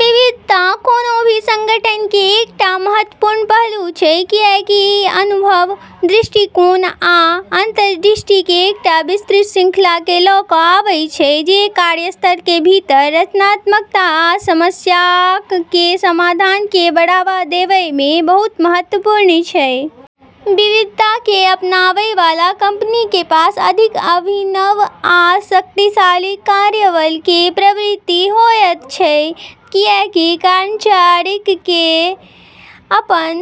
विविधता कोनों भी संगठन के एकटा महत्वपूर्ण पहलू छै, कियाकि इ अनुभव, दृष्टिकोण, आ अंतर्दृष्टि के एकटा विस्तृत श्रृंखला के ल क आबै छै, जे कार्यस्थल के भीतर रचनात्मकता आ समस्याक के समाधान के बढ़ावा देवय मे बहुत महत्वपूर्ण छै। विविधता के अपनाबै वाला कंपनीक के पास अधिक अभिनव आ गतिशील कार्यबल के प्रवृत्ति होयत छै, कियाकि कर्मचारीक के अपन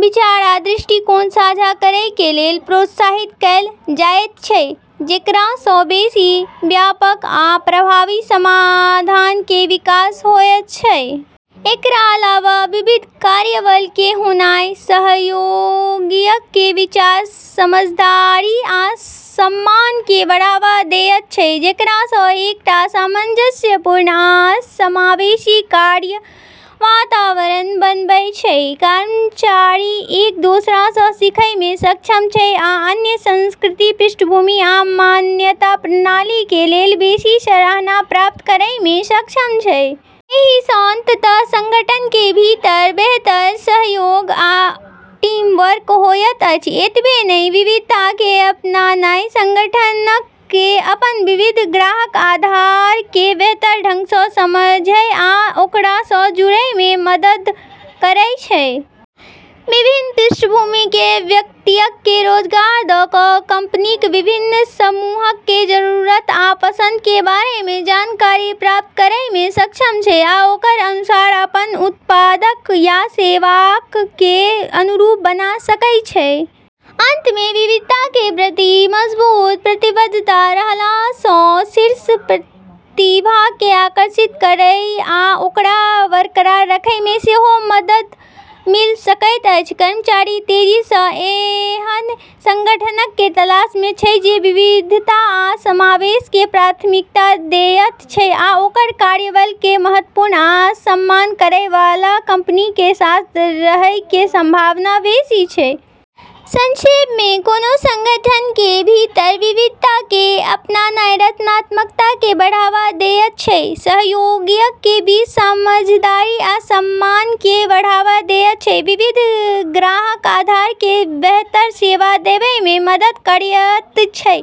विचार आ दृष्टिकोण साझा करय के लेल प्रोत्साहित कैल जायत छै, जेकरा सं बेसि व्यापक आ प्रभावी समाधान के विकास होयत छै। एकरा अलावा विविध कार्यबल के होनाय सहयोगियक के बीच समझदारी आ सम्मान के बढ़ावा देयत छै, जेकरा सं एकटा सामंजस्यपूर्ण आ समावेशी कार्य वातावरण बनयत छै। कर्मचारी एक दोसरा सं सीखय मे सक्षम छै आ अन्य संस्कृति, पृष्ठभूमि आ मान्यता प्रणाली के लेल बेसि सराहना प्राप्त करय मे सक्षम छै। एहि सं अंततः संगठन के भीतर बेहतर सहयोग आ टीम वर्क होयत अछि। एतबे नहि, विविधता के अपनानाय संगठनक के अपन विविध ग्राहक आधार के बेहतर ढंग सं समझय आ ओकरा सं जुड़य मे मदद करय छै। विभिन्न पृष्ठभूमि के व्यक्तियक के रोजगार द क कंपनीक विभिन्न समूहक के जरूरत आ पसंद के बारे मे जानकारी प्राप्त करय मे सक्षम छै, आ ओकर अनुसार अपन उत्पाद या सेवाक के अनुरूप बना सकय छै। अंत में, विविधता के प्रति मजबूत प्रतिबद्धता रहला सं शीर्ष प्रतिभा के आकर्षित करय आ ओकरा बरकरार रखय में सेहो मदद मिल सकैत अछि। कर्मचारी तेजी सं ऐहन संगठनक के तलाश मे छै जे विविधता आ समावेश के प्राथमिकता देयत छै, आ ओकर कार्यबल के महत्व आ सम्मान करय वाला कंपनी के साथ रहय के संभावना बेसि छै। संक्षेप मे, कोनों संगठन के भीतर विविधता के अपनानाय रचनात्मकता के बढ़ावा देयत छै, सहयोगियक के बीच समझदारी आ सम्मान के बढ़ावा देयत छै, विविध ग्राहक आधार के बेहतर सेवा देवय मे मदद करयत छै,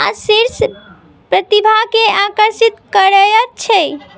आ शीर्ष प्रतिभा के आकर्षित करयत छै।